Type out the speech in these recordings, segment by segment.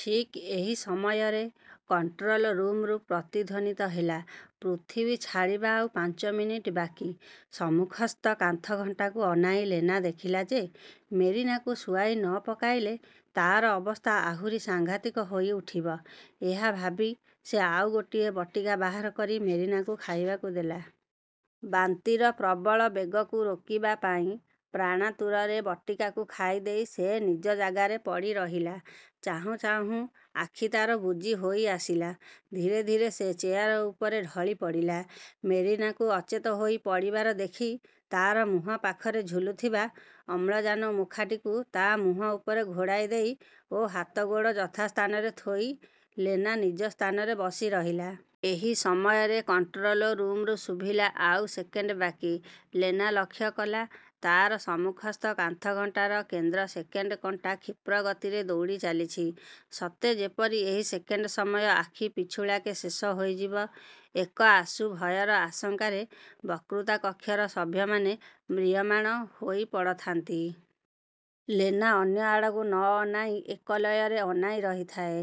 ଠିକ୍ ଏହି ସମୟରେ କଣ୍ଟ୍ରୋଲରୁମ୍ରୁ ପ୍ରତିଧ୍ୱନିତ ହେଲା, ''ପୃଥିବୀ ଛାଡ଼ିବା ଆଉ ପାଞ୍ଚ ମିନିଟ୍ ବାକି-। '' ସମ୍ମୁଖସ୍ଥ କାନ୍ଥ ଘଣ୍ଟାକୁ ଅନାଇ ଲେନା ଦେଖିଲା ଯେ ମେରିନାକୁ ଶୁଆଇ ନ ପକାଇଲେ ତାର ଅବସ୍ଥା ଆହୁରି ସାଙ୍ଘାତିକ ହୋଇଉଠିବ। ଏହାଭାବି ସେ ଆଉ ଗୋଟିଏ ବଟିକା ବାହାର କରି ମେରିନାକୁ ଖାଇବାକୁ ଦେଲା। ବାନ୍ତିର ପ୍ରବଳ ବେଗକୁ ରୋକିବା। ପାଇଁ ପ୍ରାଣାତୁରରେ ବଟିକାକୁ ଖାଇଦେଇ ସେ ନିଜ ଜାଗାରେ ପଡ଼ିରହିଲା। ଚାହୁଁ ଚାହୁଁ ଆଖି ତାର ବୁଜି ହୋଇ ଆସିଲା-। ଧୀରେ ଧୀରେ ସେ ଚେୟାର ଉପରେ ଢଳିପଡ଼ିଲା। ମେରିନାକୁ ଅଚେତ ହୋଇ ପଡ଼ିବାର ଦେଖି ତା'ର ମୁହଁ ପାଖରେ ଝୁଲୁଥିବା ଅମ୍ଳଜାନ ମୁଖାଟିକୁ ତା' ମୁହଁ ଉପରେ ଘୋଡ଼ାଇ ଦେଇ ଓ ହାତ ଗୋଡ଼ ଯଥାସ୍ଥାନରେ ଥୋଇ ଲେନା ନିଜ ସ୍ଥାନରେ ବସିରହିଲା। ଏହି ସମୟରେ କଣ୍ଟ୍ରୋଲ ରୁମ୍ରୁ ଶୁଭିଲା, ''ଆଉ ସେକେଣ୍ଡ ବାକି। '' ଲେନା ଲକ୍ଷ୍ୟ କଲା, ତାର ସମ୍ମୁଖସ୍ଥ କାନ୍ଥଘଣ୍ଟାର କେନ୍ଦ୍ର ସେକେଣ୍ଡ କଣ୍ଟା କ୍ଷିପ୍ରଗତିରେ ଦୌଡ଼ିଚାଲିଚି; ସତେ ଯେପରି ଏହି ସେକେଣ୍ଡ ସମୟ ଆଖିପିଛୁଳାକେ ଶେଷ ହୋଇଯିବ। ଏକ ଆଶୁ ଭୟର ଆଶଙ୍କାରେ ବକ୍ତୃତା କକ୍ଷର ସଭ୍ୟମାନେ ମ୍ରିୟମାଣ ହୋଇପଡ଼ଥାନ୍ତି। ଲେନା ଅନ୍ୟ ଆଡ଼କୁ ନ ଅନାଇ ଏକଲୟରେ ଅନାଇ ରହିଥାଏ,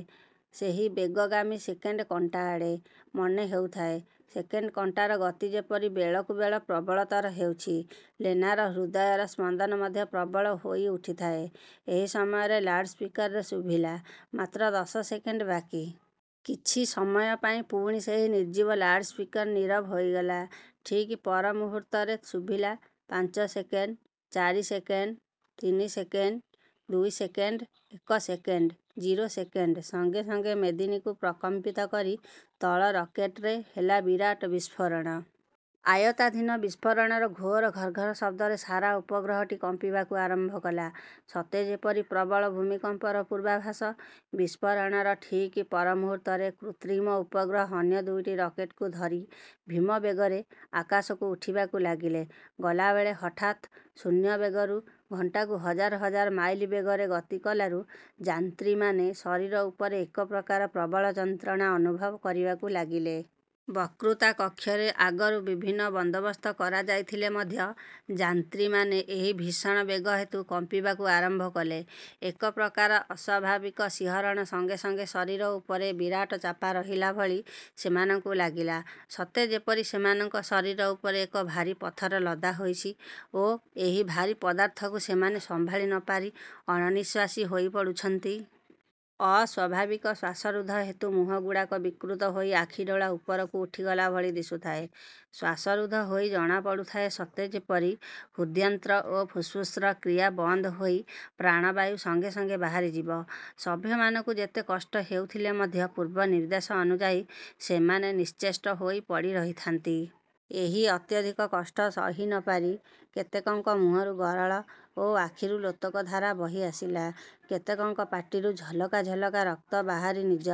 ସେହି ବେଗଗାମୀ ସେକେଣ୍ଡ କଣ୍ଟାଆଡ଼େ। ମନେ ହେଉଥାଏ, ସେକେଣ୍ଡ କଣ୍ଟାର ଗତି ଯେପରି ବେଳକୁ ବେଳ ପ୍ରବଳତର ହେଉଛି। ଲେନାର ହୃଦୟର ସ୍ପନ୍ଦନ ମଧ୍ୟ ପ୍ରବଳ ହୋଇଉଠିଥାଏ। ଏହି ସମୟରେ ଲାଉଡ଼୍ସ୍ପିକର୍ରେ ଶୁଭିଲା, ''ମାତ୍ର ଦଶ ସେକେଣ୍ଡ ବାକି। '' କିଛି ସମୟ ପାଇଁ ପୁଣି ସେହି ନିର୍ଜୀବ ଲାଉଡ଼୍ସ୍ପିକର୍ନୀରବ ହୋଇଗଲା। ଠିକ୍ ପରମୁହୂର୍ତ୍ତରେ ଶୁଭିଲା, ''ପାଞ୍ଚ ସେକେଣ୍ଡ, ଚାରି ସେକେଣ୍ଡ, ତିନି ସେକେଣ୍ଡ, ଦୁଇ ସେକେଣ୍ଡ, ଏକ ସେକେଣ୍ଡ, ଜିରୋ ସେକେଣ୍ଡ। '' ସଙ୍ଗେ ସଙ୍ଗେ ମେଦିନୀକୁ ପ୍ରକମ୍ପିତ କରି ତଳ ରକେଟ୍ରେ ହେଲା ବିରାଟ ବିସ୍ଫୋରଣ। ଆୟତ୍ତାଧୀନ ବିସ୍ଫୋରଣର ଘୋର ଘର୍ଘର ଶବ୍ଦରେ ସାରା ଉପଗ୍ରହଟି କମ୍ପିବାକୁ ଆରମ୍ଭ କଲା; ସତେ ଯେପରି ପ୍ରବଳ ଭୂମିକମ୍ପର ପୂର୍ବାଭାସ। ବିସ୍ପୋରଣର ଠିକ୍ ପରମୁହୂର୍ତ୍ତରେ କୃତ୍ରିମ ଉପଗ୍ରହ ଅନ୍ୟ ଦୁଇଟି ରକେଟ୍କୁ ଧରି ଭୀମ ବେଗରେ ଆକାଶକୁ ଉଠିବାକୁ ଲାଗିଲା। ଗଲାବେଳେ ହଠାତ୍ ଶୂନ୍ୟ ବେଗରୁ ଘଣ୍ଟାକୁ ହଜାର ହଜାର ମାଇଲ ବେଗରେ ଗତିକଲାରୁ ଯାନ୍ତ୍ରୀମାନେ ଶରୀର ଉପରେ ଏକପ୍ରକାର ପ୍ରବଳ ଯନ୍ତ୍ରଣା ଅନୁଭବ କରିବାକୁ ଲାଗିଲେ। ବକ୍ତୃତା କକ୍ଷରେ ଆଗରୁ ବିଭିନ୍ନ ବନ୍ଦୋବସ୍ତ କରାଯାଇଥିଲେ ମଧ୍ୟ ଯାନ୍ତ୍ରୀମାନେ ଏହି ଭୀଷଣ ବେଗ ହେତୁ କମ୍ପିବାକୁ ଆରମ୍ଭ କଲେ। ଏକ ପ୍ରକାର ଅସ୍ୱାଭାବିକ ଶିହରଣ ସଙ୍ଗେ ସଙ୍ଗେ ଶରୀର ଉପରେ ବିରାଟ ଚାପା ରହିଲା ଭଳି ସେମାନଙ୍କୁ ଲାଗିଲା; ସତେ ଯେପରି ସେମାନଙ୍କ ଶରୀର ଉପରେ ଏକ ଭାରୀ ପଥର ଲଦା ହୋଇଛି ଓ ଏହି ଭାରୀ ପଦାର୍ଥକୁ ସେମାନେ ସମ୍ଭାଳି ନପାରି ଅଣନିଶ୍ୱାସୀ ହୋଇପଡ଼ୁଛନ୍ତି। ଅସ୍ୱାଭାବିକ ଶ୍ୱାସରୁଦ୍ଧ ହେତୁ ମୁହଁଗୁଡ଼ାକ ବିକ୍ତୃତ ହୋଇ ଆଖିଡୋଳା ଉପରକୁ ଉଠିଗଲା ଭଳି ଦିଶୁଥାଏ। ଶ୍ୱାସରୁଦ୍ଧ ହୋଇ ଜଣାପଡ଼ୁଥାଏ ସତେ ଯେପରି ହୃଦ୍ଯନ୍ତ୍ର ଓ ଫୁସ୍ଫୁସ୍ର କ୍ରିୟା ବନ୍ଦ ହୋଇ ପ୍ରାଣବାୟୁ ସଙ୍ଗେ ସଙ୍ଗେ ବାହାରିଯିବ। ସଭ୍ୟମାନଙ୍କୁ ଯେତେ କଷ୍ଟ ହେଉଥିଲେ ମଧ୍ୟ ପୂର୍ବ ନିର୍ଦ୍ଦେଶ ଅନୁଯାୟୀ ସେମାନେ ନିଶ୍ଚେଷ୍ଟ ହୋଇ ପଡ଼ିରହିଥାନ୍ତି। ଏହି ଅତ୍ୟଧିକ କଷ୍ଟ ସହି ନପାରି କେତେକଙ୍କ ମୁହଁରୁ ଗରଳ ଓ ଆଖିରୁ ଲୋତକଧାରା ବହିଆସିଲା। କେତେକଙ୍କ ପାଟିରୁ ଝଲକା ଝଲକା ରକ୍ତ ବାହାରି ନିଜ